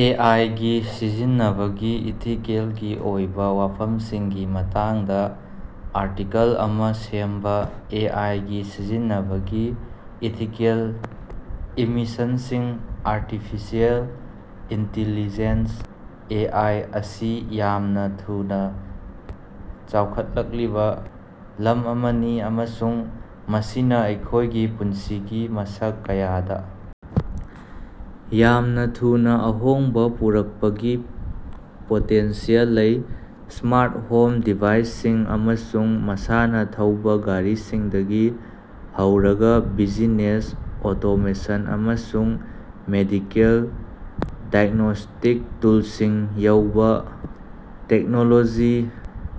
ꯑꯦ. I. ꯒꯤ ꯁꯤꯖꯤꯟꯅꯕꯒꯤ ꯏꯊꯤꯀꯦꯜꯒꯤ ꯑꯣꯏꯕꯥ ꯋꯥꯐꯝꯁꯤꯡꯒꯤ ꯃꯇꯥꯡꯗꯥ ꯑꯥꯔꯇꯤꯀꯜ ꯑꯃꯥ ꯁꯦꯝꯕꯥ꯫ ꯑꯦ. ꯑꯥꯏ. ꯒꯤ ꯁꯤꯖꯤꯟꯅꯕꯒꯤ ꯏꯊꯤꯀꯦꯜ ꯏꯝꯃꯤꯁꯟꯁꯤꯡ ꯑꯥꯔꯇꯤꯐꯤꯁꯤꯑꯦꯜ ꯏꯟꯇꯤꯂꯤꯖꯦꯟꯁ (ꯑꯦ. ꯑꯥꯏ.) ꯑꯁꯤ ꯌꯥꯝꯅꯥ ꯊꯨꯅꯥ ꯆꯥꯎꯈꯠꯂꯛꯂꯤꯕꯥ ꯂꯝ ꯑꯃꯅꯤ ꯑꯃꯁꯨꯡ ꯃꯁꯤꯅꯥ ꯑꯩꯈꯣꯏꯒꯤ ꯄꯨꯟꯁꯤꯒꯤ ꯃꯁꯛ ꯀꯌꯥꯗꯥ ꯌꯥꯝꯅꯥ ꯊꯨꯅꯥ ꯑꯍꯣꯡꯕꯥ ꯄꯨꯔꯛꯄꯒꯤ ꯄꯣꯇꯦꯟꯁꯤꯌꯦꯜ ꯂꯩ꯫ ꯁ꯭ꯃꯥꯔꯠ ꯍꯣꯝ ꯗꯤꯚꯥꯏꯟꯁꯤꯡ ꯑꯃꯁꯨꯡ ꯃꯁꯥꯅ ꯊꯧꯕꯥ ꯒꯥꯔꯤꯁꯤꯡꯗꯒꯤ ꯍꯧꯔꯒꯥ ꯕꯤꯖꯤꯅꯦꯁ ꯑꯣꯇꯣꯃꯦꯁꯟ ꯑꯃꯁꯨꯡ ꯃꯦꯗꯤꯀꯦꯜ ꯗꯥꯏꯒ꯭ꯅꯣꯁ꯭ꯇꯤꯛ ꯇꯨꯜꯁꯤꯡ ꯌꯎꯕꯥ, ꯇꯦꯛꯅꯣꯂꯣꯖꯤ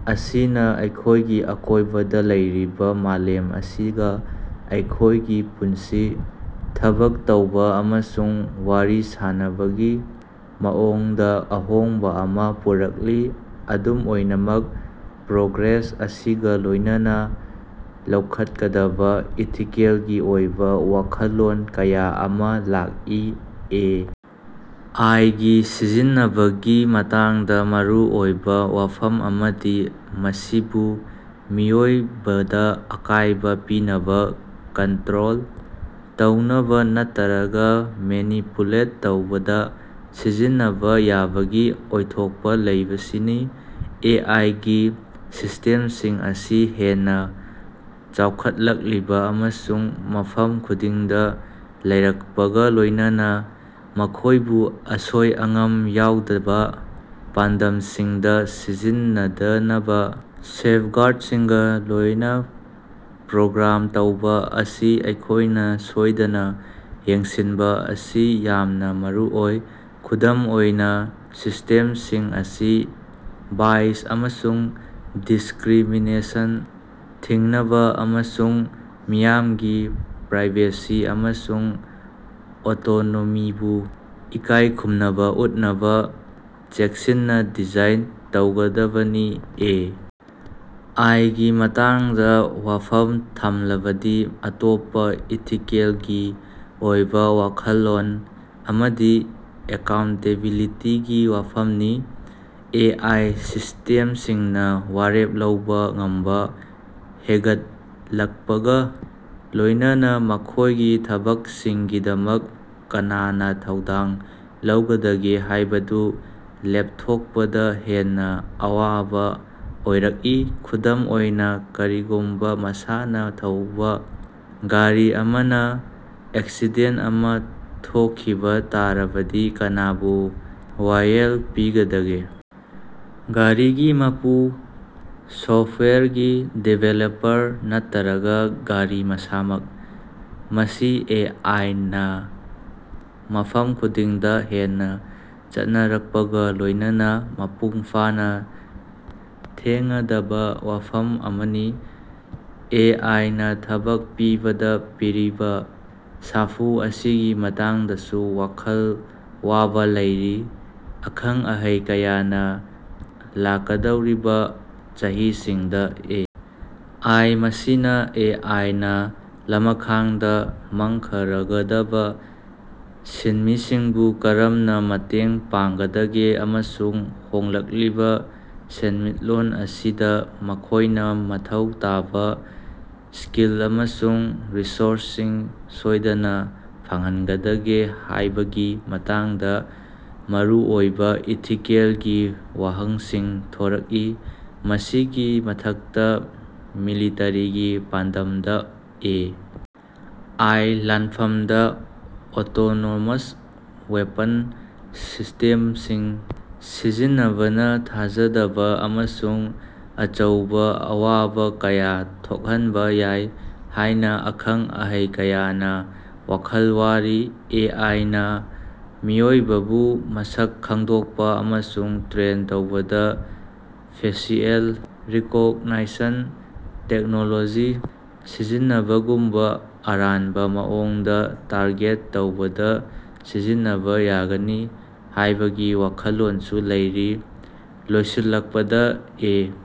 ꯑꯁꯤꯅꯥ ꯑꯩꯈꯣꯏꯒꯤ ꯑꯀꯣꯏꯕꯗꯥ ꯂꯩꯔꯤꯕꯥ ꯃꯥꯂꯦꯝ ꯑꯁꯤꯒꯥ ꯑꯩꯈꯣꯏꯒꯤ ꯄꯨꯟꯁꯤ, ꯊꯕꯛ ꯇꯧꯕꯥ ꯑꯃꯁꯨꯡ ꯋꯥꯔꯤ ꯁꯥꯅꯕꯒꯤ ꯃꯑꯣꯡꯗꯥ ꯑꯍꯣꯡꯕꯥ ꯑꯃꯥ ꯄꯨꯔꯛꯂꯤ꯫ ꯑꯗꯨꯝ ꯑꯣꯏꯅꯃꯛ, ꯄ꯭ꯔꯣꯒ꯭ꯔꯦꯁ ꯑꯁꯤꯒꯥ ꯂꯣꯏꯅꯅꯥ ꯂꯧꯈꯠꯀꯗꯕꯥ ꯏꯊꯤꯀꯦꯜꯒꯤ ꯑꯣꯏꯕꯥ ꯋꯥꯈꯜꯂꯣꯟ ꯀꯌꯥ ꯑꯃꯥ ꯂꯥꯛꯏ꯫ ꯑꯦ. ꯑꯥꯏ. ꯒꯤ ꯁꯤꯖꯤꯟꯅꯕꯒꯤ ꯃꯇꯥꯡꯗꯥ ꯃꯔꯨꯑꯣꯏꯕꯥ ꯋꯥꯐꯝ ꯑꯃꯗꯤ ꯃꯁꯤꯕꯨ ꯃꯤꯑꯣꯏꯕꯗꯥ ꯑꯀꯥꯏꯕꯥ ꯄꯤꯅꯕꯥ, ꯀꯟꯇꯔꯣꯜ ꯇꯧꯅꯕꯥ ꯅꯠꯇꯔꯒꯥ ꯃꯦꯅꯤꯄꯨꯂꯦꯠ ꯇꯧꯕꯗꯥ ꯁꯤꯖꯤꯟꯅꯕꯥ ꯌꯥꯕꯒꯤ ꯑꯣꯏꯊꯣꯛꯄꯥ ꯂꯩꯕꯁꯤꯅꯤ꯫ ꯑꯦ. ꯑꯥꯏ. ꯒꯤ ꯁꯤꯁ꯭ꯇꯦꯝꯁꯤꯡ ꯑꯁꯤ ꯍꯦꯟꯅꯥ ꯆꯥꯎꯈꯠꯂꯛꯂꯤꯕꯥ ꯑꯃꯁꯨꯡ ꯃꯐꯝ ꯈꯨꯗꯤꯡꯗꯥ ꯂꯩꯔꯛꯄꯒꯥ ꯂꯣꯏꯅꯅꯥ, ꯃꯈꯣꯏꯕꯨ ꯑꯁꯣꯏ-ꯑꯉꯥꯝ ꯌꯥꯎꯗꯕꯥ ꯄꯥꯟꯗꯝꯁꯤꯡꯗꯥ ꯁꯤꯖꯤꯟꯅꯗꯅꯕꯥ ꯁꯦꯐꯒꯥꯔꯗꯁꯤꯡꯒꯥ ꯂꯣꯌꯏꯅꯥ ꯄ꯭ꯔꯣꯒ꯭ꯔꯥꯝ ꯇꯧꯕꯥ ꯑꯁꯤ ꯑꯩꯈꯣꯏꯅꯥ ꯁꯣꯏꯗꯅꯥ ꯌꯦꯡꯁꯤꯟꯕꯥ ꯑꯁꯤ ꯌꯥꯝꯅꯥ ꯃꯔꯨꯑꯣꯏ꯫ ꯈꯨꯗꯝ ꯑꯣꯏꯅꯥ, ꯁꯤꯁ꯭ꯇꯦꯝꯁꯤꯡ ꯑꯁꯤ ꯕꯥꯏꯁ ꯑꯃꯁꯨꯡ ꯗꯤꯁꯀꯔꯤꯃꯤꯅꯦꯁꯟ ꯊꯤꯡꯅꯕꯥ, ꯑꯃꯁꯨꯡ ꯃꯤꯌꯥꯝꯒꯤ ꯄ꯭ꯔꯥꯏꯚꯦꯁꯤ ꯑꯃꯁꯨꯡ ꯑꯣꯇꯣꯅꯣꯃꯤꯕꯨ ꯏꯀꯥꯏꯈꯨꯝꯅꯕꯥ ꯎꯠꯅꯕꯥ ꯆꯦꯛꯁꯤꯟꯅꯥ ꯗꯤꯖꯥꯏꯟ ꯇꯧꯒꯗꯕꯅꯤ꯫ ꯑꯦ. ꯑꯥꯏ. ꯒꯤ ꯃꯇꯥꯡꯗꯥ ꯋꯥꯐꯝ ꯊꯝꯂꯕꯗꯤ ꯑꯇꯣꯞꯄꯥ ꯏꯊꯤꯀꯦꯜꯒꯤ ꯑꯣꯏꯕꯥ ꯋꯥꯈꯜꯂꯣꯟ ꯑꯃꯗꯤ ꯑꯦꯀꯥꯎꯟꯇꯦꯕꯤꯂꯤꯇꯤꯒꯤ ꯋꯥꯐꯝꯅꯤ꯫ ꯑꯦ. ꯑꯥꯏ. ꯁꯤꯁ꯭ꯇꯦꯝꯁꯤꯡꯅꯥ ꯋꯥꯔꯦꯞ ꯂꯧꯕꯥ ꯉꯝꯕꯥ ꯍꯦꯒꯠꯂꯛꯄꯒꯥ ꯂꯣꯏꯅꯅꯥ ꯃꯈꯣꯏꯒꯤ ꯊꯕꯛꯁꯤꯡꯒꯤꯗꯃꯛ ꯀꯅꯅꯥ ꯊꯧꯗꯥꯡ ꯂꯧꯒꯗꯒꯦ ꯍꯥꯏꯕꯗꯨ ꯂꯦꯞꯊꯣꯛꯄꯗꯥ ꯍꯦꯟꯅꯥ ꯑꯋꯥꯕꯥ ꯑꯣꯏꯔꯛꯏ꯫ ꯈꯨꯗꯝ ꯑꯣꯏꯅꯥ, ꯀꯔꯤꯒꯨꯝꯕꯥ ꯃꯁꯥꯅ ꯊꯧꯕꯥ ꯒꯥꯔꯤ ꯑꯃꯅꯥ ꯑꯦꯛꯁꯤꯗꯦꯟ ꯑꯃꯥ ꯊꯣꯈꯤꯕꯥ ꯇꯥꯔꯕꯗꯤ ꯀꯅꯥꯕꯨ ꯋꯥꯌꯦꯜ ꯄꯤꯒꯗꯒꯦ? ꯒꯥꯔꯤꯒꯤ ꯃꯄꯨ, ꯁꯣꯐꯋꯦꯌꯔꯒꯤ ꯗꯤꯕꯦꯂꯄꯔ ꯅꯠꯇꯔꯒꯥ ꯒꯥꯔꯤ ꯃꯁꯥꯃꯛ? ꯃꯁꯤ ꯑꯦ. ꯑꯥꯏ. ꯅꯥ ꯃꯐꯝ ꯈꯨꯗꯤꯡꯗꯥ ꯍꯦꯟꯅꯥ ꯆꯠꯅꯔꯛꯄꯒꯥ ꯂꯣꯏꯅꯅꯥ ꯃꯄꯨꯡ ꯐꯥꯅꯥ ꯊꯦꯡꯉꯗꯕꯥ ꯋꯥꯐꯝ ꯑꯃꯅꯤ꯫ ꯑꯦ. ꯑꯥꯏ. ꯅꯥ ꯊꯕꯛ ꯄꯤꯕꯗꯥ ꯄꯤꯔꯤꯕꯥ ꯁꯥꯐꯨ ꯑꯁꯤꯒꯤ ꯃꯇꯥꯡꯗꯁꯨ ꯋꯥꯈꯜ ꯋꯥꯕꯥ ꯂꯩꯔꯤ꯫ ꯑꯈꯪ -ꯑꯍꯩ ꯀꯌꯥꯅ ꯂꯥꯛꯀꯗꯧꯔꯤꯕꯥ ꯆꯍꯤꯁꯤꯡꯗꯥ ꯑꯦ. ꯑꯥꯏ. ꯃꯁꯤꯅꯥ ꯑꯦ. ꯑꯥꯏ. ꯅꯥ ꯂꯃꯈꯥꯡꯗ ꯃꯪꯈꯔꯒꯗꯕꯥ ꯁꯤꯟꯃꯤꯁꯤꯡꯕꯨ ꯀꯔꯝꯅꯥ ꯃꯇꯦꯡ ꯄꯥꯡꯒꯗꯒꯦ ꯑꯃꯁꯨꯡ ꯍꯣꯡꯂꯛꯂꯤꯕ ꯁꯦꯟꯃꯤꯠꯂꯣꯟ ꯑꯁꯤꯗꯥ ꯃꯈꯣꯏꯅꯥ ꯃꯊꯧ ꯇꯥꯕꯥ ꯁ꯭ꯀꯤꯜ ꯑꯃꯁꯨꯡ ꯔꯤꯁꯣꯔꯁꯁꯤꯡ ꯁꯣꯏꯗꯅꯥ ꯐꯪꯍꯟꯒꯗꯒꯦ ꯍꯥꯏꯕꯒꯤ ꯃꯇꯥꯡꯗ ꯃꯔꯨꯑꯣꯏꯕꯥ ꯏꯊꯤꯀꯦꯜꯒꯤ ꯋꯥꯍꯪꯁꯤꯡ ꯊꯣꯔꯛꯏ꯫ ꯃꯁꯤꯒꯤ ꯃꯊꯛꯇꯥ, ꯃꯤꯂꯤꯇꯔꯤꯒꯤ ꯄꯥꯟꯗꯝꯗꯥ ꯑꯦ. ꯑꯥꯏ. ꯂꯥꯟꯐꯝꯗꯥ ꯑꯣꯇꯣꯅꯣꯃꯁ ꯋꯦꯄꯟ ꯁꯤꯁ꯭ꯇꯦꯃꯁꯤꯡ ꯁꯤꯖꯤꯟꯅꯕꯅꯥ ꯊꯥꯖꯗꯕꯥ ꯑꯃꯁꯨꯡ ꯑꯆꯧꯕꯥ ꯑꯋꯥꯕꯥ ꯀꯌꯥ ꯊꯣꯛꯍꯟꯕꯥ ꯌꯥꯏ ꯍꯥꯏꯅꯥ ꯑꯈꯪ-ꯑꯍꯩ ꯀꯌꯥꯅ ꯋꯥꯈꯜ ꯋꯥꯔꯤ꯫ ꯑꯦ. ꯑꯥꯏ. ꯅꯥ ꯃꯤꯑꯣꯏꯕꯕꯨ ꯃꯁꯛ ꯈꯪꯗꯣꯛꯄꯥ ꯑꯃꯁꯨꯡ ꯇ꯭ꯔꯦꯟ ꯇꯧꯕꯗꯥ ꯐꯦꯁꯤꯑꯦꯜ ꯔꯤꯀꯣꯛꯒꯅꯥꯏꯁꯟ ꯇꯦꯛꯅꯣꯂꯣꯖꯤ ꯁꯤꯖꯤꯟꯅꯕꯒꯨꯝꯕꯥ ꯑꯔꯥꯟꯕꯥ ꯃꯑꯣꯡꯗꯥ ꯇꯥꯔꯒꯦꯠ ꯇꯧꯕꯗꯥ ꯁꯤꯖꯤꯟꯅꯕꯥ ꯌꯥꯒꯅꯤ ꯍꯥꯏꯕꯒꯤ ꯋꯥꯈꯜꯂꯣꯟꯁꯨ ꯂꯩꯔꯤ꯫ ꯂꯣꯏꯁꯤꯜꯂꯛꯄꯗꯥ, ꯑꯦ꯫